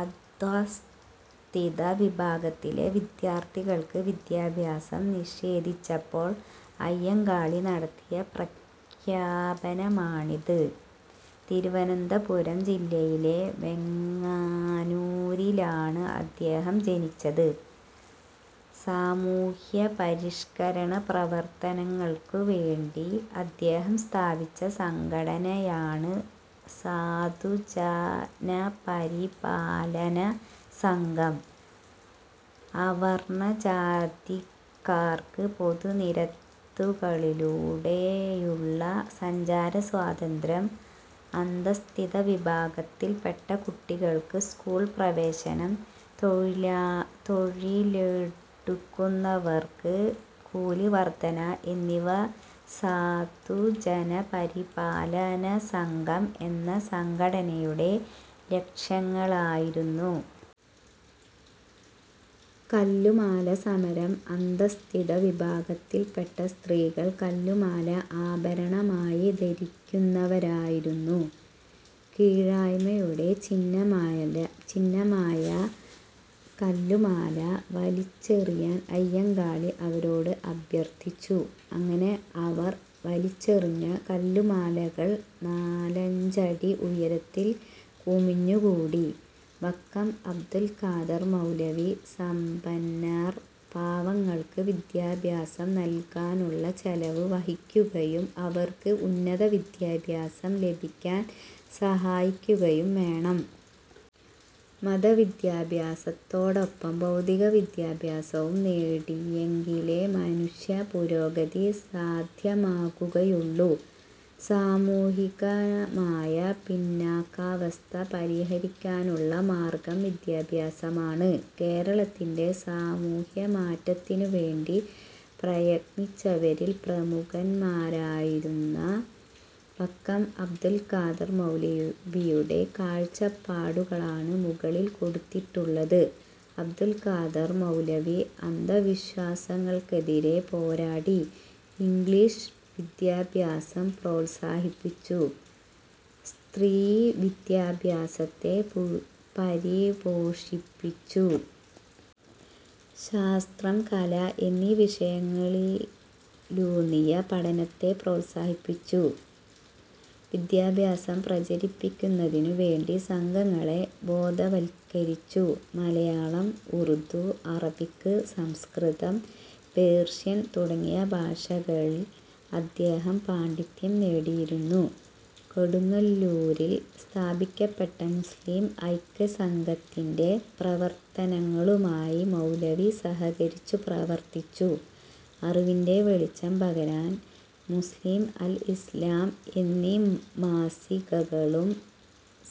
" അദ്ധ്യാസ്ഥിത വിഭാഗത്തിലെ വിദ്യാർത്ഥികൾക്ക് വിദ്യാഭ്യാസം നിഷേധിച്ചപ്പോൾ അയ്യങ്കാളി നടത്തിയ പ്രഖ്യാപനമാണിത്. തിരുവനന്തപുരം ജില്ലയിലെ വെങ്ങാനൂരിലാണ് അദ്ദേഹം ജനിച്ചത്. സാമൂഹ്യപരിഷ്കരണ പ്രവർത്തനങ്ങൾക്കുവേണ്ടി അദ്ദേഹം സ്ഥാപിച്ച സംഘടനയാണ് "സാധുജനപരിപാലനസംഘം". അവർണ്ണ ജാതിക്കാർക്ക് പൊതു നിരത്തുകളിലൂടെയുള്ള സഞ്ചാര സ്വാതന്ത്ര്യം, അധഃസ്ഥിത വിഭാഗത്തിൽപ്പെട്ട കുട്ടികൾക്ക് സ്കൂൾ പ്രവേശനം, തൊഴിലെടുക്കുന്നവർക്ക് കൂലി വർദ്ധന എന്നിവ സാധുജനപരിപാലനസംഘം എന്ന സംഘടനയുടെ ലക്ഷ്യങ്ങളായിരുന്നു. കല്ലുമാല സമരം അധഃസ്ഥിത വിഭാഗത്തിൽപ്പെട്ട സ്ത്രീകൾ കല്ലുമാല ആഭരണമായി ധരിക്കുന്നവരായിരുന്നു. കീഴായ്മയുടെ ചിഹ്നമായ കല്ലുമാല വലിച്ചെറിയാൻ അയ്യങ്കാളി അവരോട് അഭ്യർഥിച്ചു. അങ്ങനെ അവർ വലിച്ചെറിഞ്ഞ കല്ലുമാലകൾ നാലഞ്ചടി ഉയരത്തിൽ കുമിഞ്ഞുകൂടി. വക്കം അബ്ദുൽ ഖാദർ മൗലവി- സമ്പന്നർ പാവങ്ങൾക്ക് വിദ്യാഭ്യാസം നൽകാനുള്ള ചെലവ് വഹിക്കുകയും അവർക്ക് ഉന്നത വിദ്യാഭ്യാസം ലഭ്യമാക്കാൻ സഹായിക്കുകയും വേണം. മതവിദ്യാഭ്യാസത്തോടൊപ്പം ഭൗതിക വിദ്യാഭ്യാസവും നേടിയെങ്കിലേ മനുഷ്യ പുരോഗതി സാധ്യമാകുകയുള്ളൂ. സാമൂഹികമായ പിന്നാക്കാവസ്ഥ പരിഹരിക്കാനുള്ള മാർഗ്ഗം വിദ്യാഭ്യാസമാണ്. കേരളത്തിന്റെ സാമൂഹ്യമാറ്റത്തിനുവേണ്ടി പ്രയത്നിച്ചവരിൽ പ്രമുഖനായിരുന്ന വക്കം അബ്ദുൾ ഖാദർ മൗലവിയുടെ കാഴ്ചപ്പാടുകളാണ് മുകളിൽ കൊടുത്തിട്ടുള്ളത്. അബ്ദുൾ ഖാദർ മൗലവി അന്ധവിശ്വാസങ്ങൾക്കെതിരെ പോരാടി. ഇംഗ്ലീഷ് വിദ്യാഭ്യാസം പ്രോത്സാഹിപ്പിച്ചു. സ്ത്രീവിദ്യാഭ്യാസത്തെ പരിപോഷിപ്പിച്ചു. ശാസ്ത്രം, കല എന്നീ വിഷയങ്ങളിലൂന്നിയ പഠനത്തെ പ്രോത്സാഹിപ്പിച്ചു. വിദ്യാഭ്യാസം പ്രചരിപ്പിക്കുന്നതിനുവേണ്ടി സംഘടനകളെ ബോധവൽക്കരിച്ചു. മലയാളം, ഉറുദു, അറബിക്, സംസ്കൃതം, പേർഷ്യൻ തുടങ്ങിയ ഭാഷകളിൽ അദ്ദേഹം പാണ്ഡിത്യം നേടിയിരുന്നു. കൊടുങ്ങല്ലൂരിൽ സ്ഥാപിക്കപ്പെട്ട മുസ്ലീം ഐക്യ സംഘത്തിന്റെ പ്രവർത്തനങ്ങളുമായി മൗലവി സഹകരിച്ചു പ്രവർത്തിച്ചു. അറിവിന്റെ വെളിച്ചം പകരാൻ ""മുസ്ലീം', ""അൽ ഇസ്ലാം' എന്നീ മാസികകളും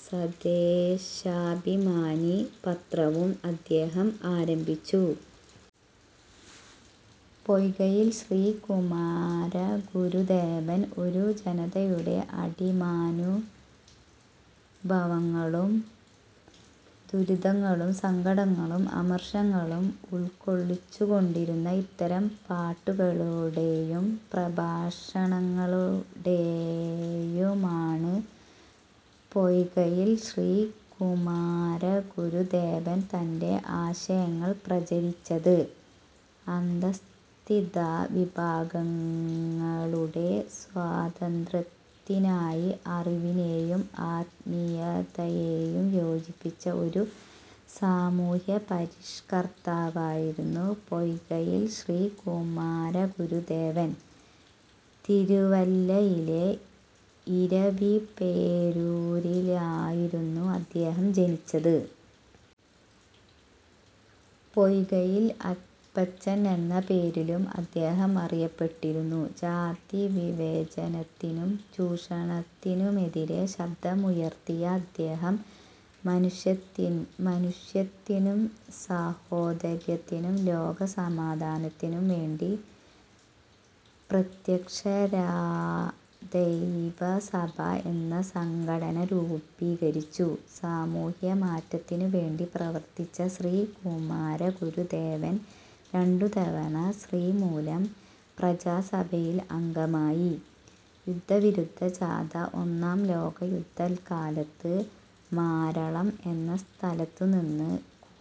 ""സ്വദേശാഭിമാനി' പത്രവും അദ്ദേഹം ആരംഭിച്ചു. പൊയ്കയിൽ ശ്രീ കുമാരഗുരുദേവൻ ഒരു ജനതയുടെ അടിമാനുഭവങ്ങളും ദുരിതങ്ങളും സങ്കടങ്ങളും അമർഷങ്ങളും ഉൾക്കൊള്ളിച്ചിരിക്കുന്ന ഇത്തരം പാട്ടുകളിലൂടെയും പ്രഭാഷണങ്ങളിലൂടെയുമാണ് പൊയ്കയിൽ ശ്രീ കുമാരഗുരുദേവൻ തന്റെ ആശയങ്ങൾ പ്രചരിപ്പിച്ചത്. അധഃസ്ഥിത വിഭാഗങ്ങളുടെ സ്വാതന്ത്ര്യത്തിനായി അറിവിനെയും ആത്മീയതയെയും യോജിപ്പിച്ച ഒരു സാമൂഹ്യപരിഷ്കർത്താവായിരുന്നു പൊയ്കയിൽ ശ്രീ കുമാരഗുരുദേവൻ. തിരുവല്ലയിലെ ഇരവിപേരൂരിലായിരുന്നു അദ്ദേഹം ജനിച്ചത്. പൊയ്കയിൽ അപ്പച്ചൻ എന്ന പേരിലും അദ്ദേഹം അറിയപ്പെട്ടിരുന്നു. ജാതിവിവേചനത്തിനും ചൂഷണത്തിനുമെതിരെ ശബ്ദമുയർത്തിയ അദ്ദേഹം മനുഷ്യത്തിനും സാഹോദര്യത്തിനും ലോക സമാധാനത്തിനും വേണ്ടി പ്രത്യക്ഷരക്ഷാദൈവ സഭ എന്ന സംഘടന രൂപീകരിച്ചു. സാമൂഹ്യ മാറ്റത്തിനുവേണ്ടി പ്രവർത്തിച്ച ശ്രീ കുമാരഗുരുദേവൻ രണ്ടു തവണ ശ്രീമൂലം പ്രജാസഭയിൽ അംഗമായി. യുദ്ധവിരുദ്ധ ജാഥ ഒന്നാം ലോകയുദ്ധ കാലത്ത് മാരളം എന്ന സ്ഥലത്തുനിന്ന്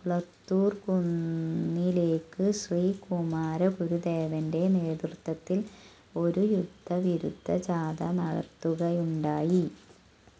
കുളത്തൂർകുന്നിലേക്ക് ശ്രീ കുമാരഗുരുദേവന്റെ നേതൃത്വത്തിൽ ഒരു യുദ്ധവിരുദ്ധ ജാഥ നടത്തുകയുണ്ടായി.